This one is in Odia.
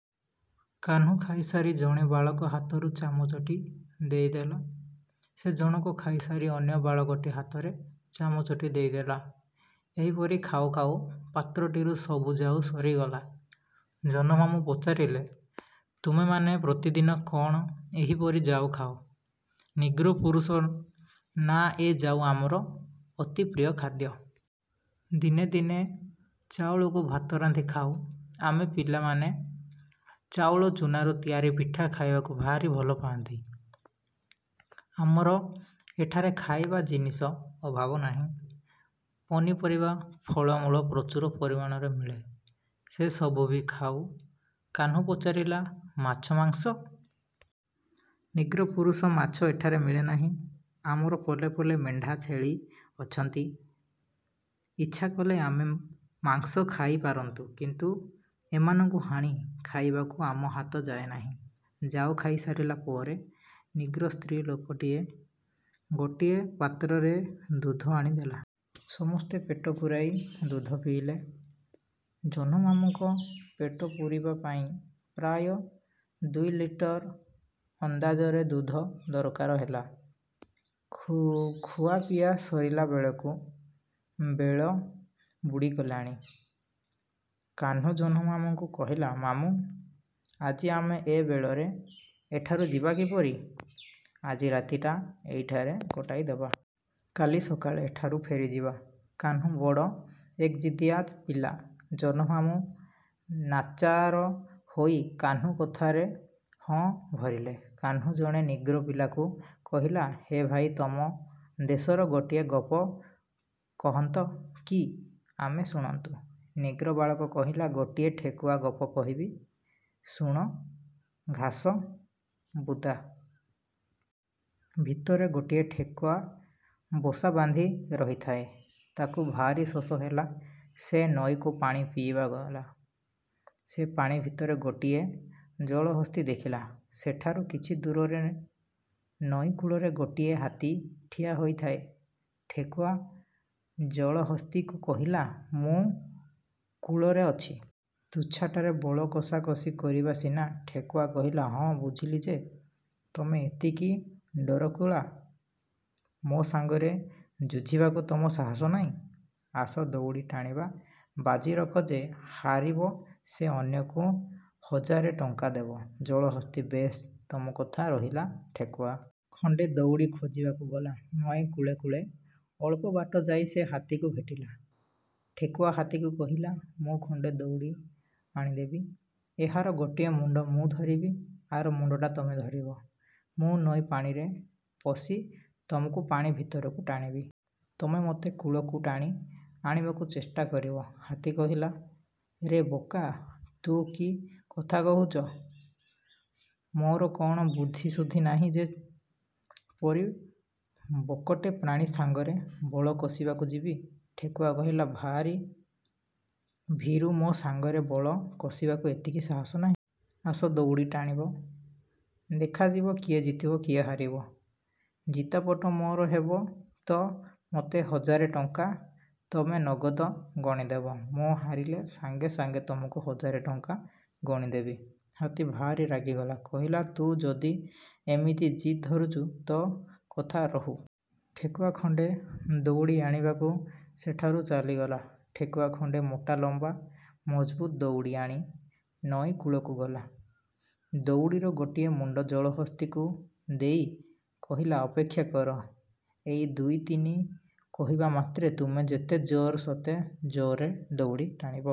କାହ୍ନୁ ଖାଇସାରି ଜଣେ ବାଳକ ହାତକୁ ଚାମଚଟି ଦେଇଦେଲା। ସେ ଜଣକ ଖାଇସାରି ଅନ୍ୟ ବାଳକଟି ହାତରେ ଚାମଚଟି ଦେଇଦେଲା। ଏହିପରି ଖାଉ ଖାଉ ପାତ୍ରଟିରୁ ସବୁ ଜାଉ ସରିଗଲା। ଜହ୍ନମାମୁଁ ପଚାରିଲେ, ତୁମେମାନେ ପ୍ରତିଦିନ କଣ ଏହିପରି ଜାଉ ଖାଅ? ନିଗ୍ରୋ ପୁରୁଷ ନା ଏ ଜାଉ ଆମର ଅତି ପ୍ରିୟ ଖାଦ୍ୟ। ଦିନେ ଦିନେ ଆମେ ଚାଉଳକୁ ଭାତ ରାନ୍ଧି ଖାଉ। ଆମ ପିଲାମାନେ ଚାଉଳଚୂନାରୁ ତିଆରି ପିଠା ଖାଇବାକୁ ଭାରି ଭଲ ପାଆନ୍ତି। ଆମର ଏଠାରେ ଖାଇବା ଜିନିଷର ଅଭାବ ନାହିଁ। ପନିପରିବା, ଫଳମୂଳ ପ୍ରଚୁର ପରିମାଣରେ ମିଳେ। ସେ ସବୁ ବି ଖାଉ। କାହ୍ନୁ ପଚାରିଲା ମାଛ, ମାଂସ? ନିଗ୍ରୋ ପୁରୁଷ ମାଛ ଏଠାରେ ମିଳେ ନାହିଁ। ଆମର ପଲେ ପଲେ ମେଣ୍ଢା ଛେଳି ଅଛନ୍ତି। ଇଚ୍ଛା କଲେ ଆମେ ମାଂସ ଖାଇ ପାରନ୍ତୁ। କିନ୍ତୁ ଏମାନଙ୍କୁ ହାଣି ଖାଇବାକୁ ଆମ ହାତ ଯାଏ ନାହିଁ। ଜାଉ ଖାଇ ସାରିଲା ପରେ ନିଗ୍ରୋ ସ୍ତ୍ରୀଲୋକଟିଏ ଗୋଟିଏ ପାତ୍ରରେ ଦୁଧ ଆଣି ଦେଲା। ସମସ୍ତେ ପେଟ ପୂରାଇ ଦୁଧ ପିଇଲେ। ଜହ୍ନମାମୁଁଙ୍କ ପେଟ ପୂରିବା ପାଇଁ ପ୍ରାୟ ଦୁଇଲିଟର ଅନ୍ଦାଜରେ ଦୁଧ ଦରକାର ହେଲା। ଖୁଆପିଆ ସରିଲା ବେଳକୁ ବେଳ ବୁଡ଼ିଗଲାଣି। କାହ୍ନୁ ଜହ୍ନମାମୁଁଙ୍କୁ କହିଲା, ମାମୁଁ! ଆଜି ଆମେ ଏ ଅବେଳରେ ଏଠାରୁ ଯିବା କିପରି? ଆଜି ରାତିଟା ଏହିଠାରେ କଟାଇଦେବା। କାଲି ସକାଳେ ଏଠାରୁ ଫେରିଯିବା। କାହ୍ନୁ ବଡ଼ ଏକଜିଦିଆ ପିଲା। ଜହ୍ନମାମୁଁ ନାଚାର ହୋଇ କାହ୍ନୁ କଥାରେ ହଁ ଭରିଲେ। କାହ୍ନୁ ଜଣେ ନିଗ୍ରୋ ପିଲାକୁ କହିଲା, ହେ ଭାଇ ତମ ଦେଶର ଗୋଟିଏ ଗପ କହନ୍ତ କି, ଆମେ ଶୁଣନ୍ତୁ। ନିଗ୍ରୋ ବାଳକ କହିଲା, ଗୋଟିଏ ଠେକୁଆ ଗପ କହିବି, ଶୁଣ। ଘାସବୁଦା ଭିତରେ ଗୋଟିଏ ଠେକୁଆ ବସା ବାନ୍ଧି ରହିଥାଏ। ତାକୁ ଭାରି ଶୋଷ ହେଲା। ସେ ନଈକୁ ପାଣି ପିଇବାକୁ ଗଲା। ସେ ପାଣି ଭିତରେ ଗୋଟିଏ ଜଳହସ୍ତୀ ଦେଖିଲା। ସେଠାରୁ କିଛି ଦୂରରେ ନଈ କୂଳରେ ଗୋଟିଏ ହାତୀ ଠିଆ ହୋଇଥାଏ। ଠେକୁଆ ଜଳହସ୍ତୀକୁ କହିଲା, ମୁଁ କୂଳରେ ଅଛି। ତୁଚ୍ଛାଟାରେ ବଳ କଷାକଷି କରିବା ସିନା! ଠେକୁଆ କହିଲା, ହଁ, ବୁଝିଲି ଯେ, ତମେ ଏଡ଼ିକି ଡରକୁଳା? ମୋ ସାଙ୍ଗରେ ଯୁଝିବାକୁ ତମର ସାହସ ନାହିଁ। ଆସ, ଦଉଡ଼ି ଟାଣିବା ବାଜି ରଖ ଯେ ହାରିବ ସେ ଅନ୍ୟକୁ ହଜାରେ ଟଙ୍କା ଦେବ। ଜଳହସ୍ତୀ, ବେଶ୍, ତମ କଥା ରହିଲା। ଠେକୁଆ ଖଣ୍ଡେ ଦଉଡ଼ି ଖୋଜିବାକୁ ଗଲା ନଈ କୂଳେ କୂଳେ ଅଳ୍ପ ବାଟ ଯାଇ ସେ ହାତୀକୁ ଭେଟିଲା। ଠେକୁଆ ହାତୀକୁ କହିଲା, ମୁଁ ଖଣ୍ଡେ ଦଉଡ଼ି ଆଣି ଦେବି। ଏହାର ଗୋଟାଏ ମୁଣ୍ଡ ମୁଁ ଧରିବି, ଆର ମୁଣ୍ଡଟା ତମେ ଧରିବ। ମୁଁ ନଈ ପାଣିରେ ପଶି ତମକୁ ପାଣି ଭିତରକୁ ଟାଣିବି। ତମେ ମୋତେ କୂଳକୁ ଟାଣି ଆଣିବାକୁ ଚେଷ୍ଟା କରିବ। ହାତୀ କହିଲା, ରେ ବୋକା! ତୁ କି କଥା କହୁଛୁ? ମୋର କଣ ବୁଦ୍ଧି ସୁଦ୍ଧି ନାହିଁ ଯେ ପରି ବକଟେ ପ୍ରାଣୀ ସାଙ୍ଗରେ ବଳ କଷିବାକୁ ଯିବି? ଠେକୁଆ କହିଲା, ଭୀରୁ ମୋ ସାଙ୍ଗରେ ବଳ କଷିବାକୁ ଏତିକି ସାହସ ନାହିଁ? ଆସ, ଦଉଡ଼ି ଟାଣିବ। ଦେଖାଯିବ କିଏ ଜିତିବ କିଏ ହାରିବ। ଜିତାପଟ ମୋର ହେବ ତ ମୋତେ ହଜାରେ ଟଙ୍କା ତମେ ନଗଦ ଗଣିଦେବ। ମୁଁ ହାରିଲେ ସାଙ୍ଗେ ସାଙ୍ଗେ ତମକୁ ହଜାରେ ଟଙ୍କା ଗଣିଦେବି। ହାତୀ ଭାରି ରାଗିଗଲା। କହିଲା, ତୁ ଯଦି ଇମିତି ଜିଦ୍ ଧରିଛୁ, ତୋ କଥା ରହୁ। ଠେକୁଆ ଖଣ୍ଡେ ଦଉଡ଼ି ଆଣିବାକୁ ସେଠାରୁ ଚାଲିଗଲା। ଠେକୁଆ ଖଣ୍ଡେ ମୋଟା ଲମ୍ବା ମଜଭୁତ ଦଉଡ଼ି ଆଣି ନଈକୂଳକୁ ଗଲା। ଦଉଡ଼ିର ଗୋଟାଏ ମୁଣ୍ଡ ଜଳହସ୍ତୀକୁ ଦେଇ କହିଲା, ଅପେକ୍ଷା କର। ଏକ ଦୁଇ, ତିନି କହିବା ମାତ୍ରେ ତୁମର ଯେତେ ଜୋର, ସେତେ ଜୋରରେ ଦଉଡ଼ି ଟାଣିବ।